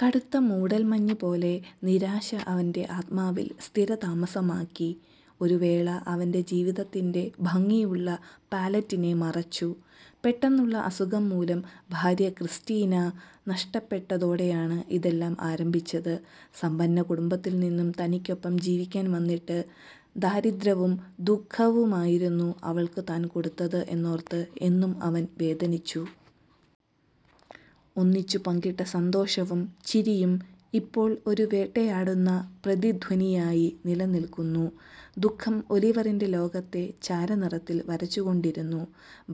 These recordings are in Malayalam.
കടുത്ത മൂടൽമഞ്ഞ് പോലെ നിരാശ അവന്റെ ആത്മാവിൽ സ്ഥിരതാമസമാക്കി, ഒരു വേള അവന്റെ ജീവിതത്തിന്റെ ഭംഗിയുള്ള പാലറ്റിനെ മറച്ചു. പെട്ടെന്നുള്ള അസുഖം മൂലം ഭാര്യ ക്രിസ്റ്റീനാ നഷ്ടപ്പെട്ടതോടെയാണ് ഇതെല്ലാം ആരംഭിച്ചത്. സമ്പന്ന കുടുംബത്തിൽ നിന്നും തനിക്കൊപ്പം ജീവിക്കാൻ വന്നിട്ട് ദാരിദ്രവും ദുഖവുമായിരുന്നു അവൾക്കു താൻ കൊടുത്തതു എന്നോർത്ത് എന്നും അവൻ വേദനിച്ചു. ഒന്നിച്ചു പങ്കിട്ട സന്തോഷവും ചിരിയും ഇപ്പോൾ ഒരു വേട്ടയാടുന്ന പ്രതിധ്വനിയായി നിലനിൽക്കുന്നു. ദുഃഖം ഒലിവറിന്റെ ലോകത്തെ ചാരനിറത്തിൽ വരച്ചു കൊണ്ടിരുന്നു.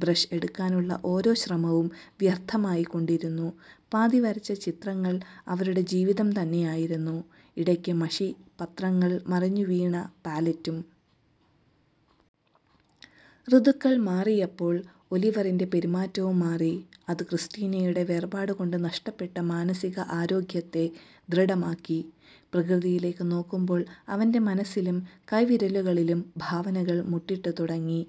ബ്രഷ് എടുക്കാനുള്ള ഓരോ ശ്രമവും വ്യർഥമായി കൊണ്ടിരുന്നു. പാതി വരച്ച ചിത്രങ്ങൾ അവരുടെ ജീവിതം തന്നെയായിരുന്നു. ഇടയ്ക്ക് മഷി പത്രങ്ങൾ മറിഞ്ഞു വീണ പാലെറ്റും. ഋതുക്കൾ മാറിയപ്പോൾ ഒലിവറിന്റെ പെരുമാറ്റവും മാറി. അതു ക്രിസ്റ്റീനയുടെ വേർപാടു കൊണ്ടു നഷ്ടപ്പെട്ട മാനസിക ആരോഗ്യത്തെ ദൃഢമാക്കി. പ്രകൃതിയിലേക്ക് നോക്കുമ്പോൾ അവന്റെ മനസ്സിലും കൈവിരലുകളിലും ഭാവനകൾ മൊട്ടിട്ടു തുടങ്ങി.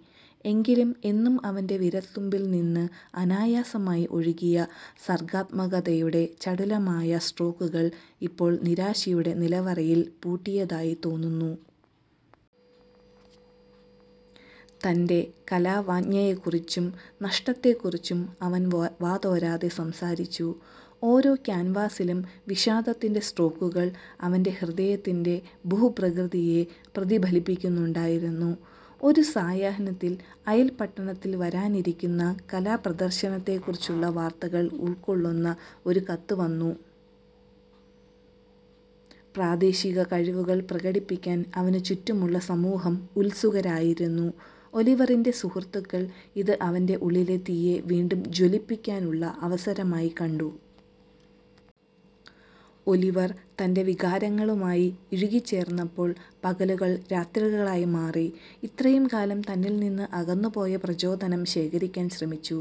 എങ്കിലും എന്നും അവന്റെ വിരൽത്തുമ്പിൽ നിന്ന് അനായാസമായി ഒഴുകിയ സർഗാത്മകതയുടെ ചടുലമായ സ്ട്രോക്കുകൾ ഇപ്പോൾ നിരാശയുടെ നിലവറയിൽ പൂട്ടിയതായി തോന്നുന്നു. തന്റെ കലാവാഞ്ഛയെക്കുറിച്ചും നഷ്ടത്തെക്കുറിച്ചും അവൻ വാതോരാതെ സംസാരിച്ചു. ഓരോ ക്യാൻവാസിലും വിഷാദത്തിന്റെ സ്ട്രോക്കുകൾ അവന്റെ ഹൃദയത്തിന്റെ ഭൂപ്രകൃതിയെ പ്രതിഫലിപ്പിക്കുന്നുണ്ടായിരുന്നു. ഒരു സായാഹ്നത്തിൽ, അയൽപട്ടണത്തിൽ വരാനിരിക്കുന്ന കലാപ്രദർശനത്തെക്കുറിച്ചുള്ള വാർത്തകൾ ഉൾക്കൊള്ളുന്ന ഒരു കത്ത് വന്നു. പ്രാദേശിക കഴിവുകൾ പ്രകടിപ്പിക്കാൻ അവനു ചുറ്റുമുള്ള സമൂഹം ഉത്സുകരായിരുന്നു, ഒലിവറിന്റെ സുഹൃത്തുക്കൾ ഇത് അവന്റെ ഉള്ളിലെ തീയെ വീണ്ടും ജ്വലിപ്പിക്കാനുള്ള അവസരമായി കണ്ടു. ഒലിവർ തന്റെ വികാരങ്ങളുമായി ഇഴുകിച്ചേർന്നപ്പോൾ പകലുകൾ രാത്രികളായി മാറി, ഇത്രയും കാലം തന്നിൽ നിന്ന് അകന്നുപോയ പ്രചോദനം ശേഖരിക്കാൻ ശ്രമിച്ചു.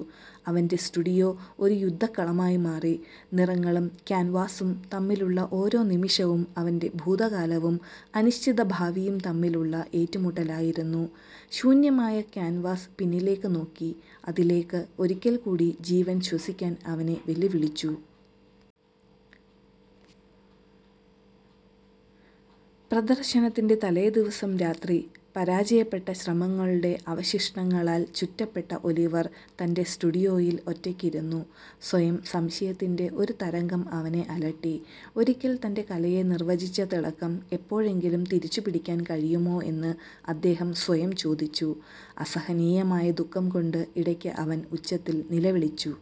അവന്റെ സ്റ്റുഡിയോ ഒരു യുദ്ധക്കളമായി മാറി. നിറങ്ങളും ക്യാൻവാസ്സും തമ്മിലുള്ള ഓരോ നിമിഷവും അവന്റെ ഭൂതകാലവും അനിശ്ചിത ഭാവിയും തമ്മിലുള്ള ഏറ്റുമുട്ടലായിരുന്നു. ശൂന്യമായ ക്യാൻവാസ് പിന്നിലേക്ക് നോക്കി, അതിലേക്ക് ഒരിക്കൽ കൂടി ജീവൻ ശ്വസിക്കാൻ അവനെ വെല്ലുവിളിച്ചു. പ്രദർശനത്തിന്റെ തലേദിവസം രാത്രി, പരാജയപ്പെട്ട ശ്രമങ്ങളുടെ അവശിഷ്ടങ്ങളാൽ ചുറ്റപ്പെട്ട ഒലിവർ തന്റെ സ്റ്റുഡിയോയിൽ ഒറ്റയ്ക്ക് ഇരുന്നു. സ്വയം സംശയത്തിന്റെ ഒരു തരംഗം അവനെ അലട്ടി, ഒരിക്കൽ തന്റെ കലയെ നിർവചിച്ച തിളക്കം എപ്പോഴെങ്കിലും തിരിച്ചുപിടിക്കാൻ കഴിയുമോ എന്ന് അദ്ദേഹം സ്വയംചോദിച്ചു. അസഹനീയമായ ദുഃഖം കൊണ്ടു ഇടയ്ക്കു അവൻ ഉച്ചത്തിൽ നിലവിളിച്ചു.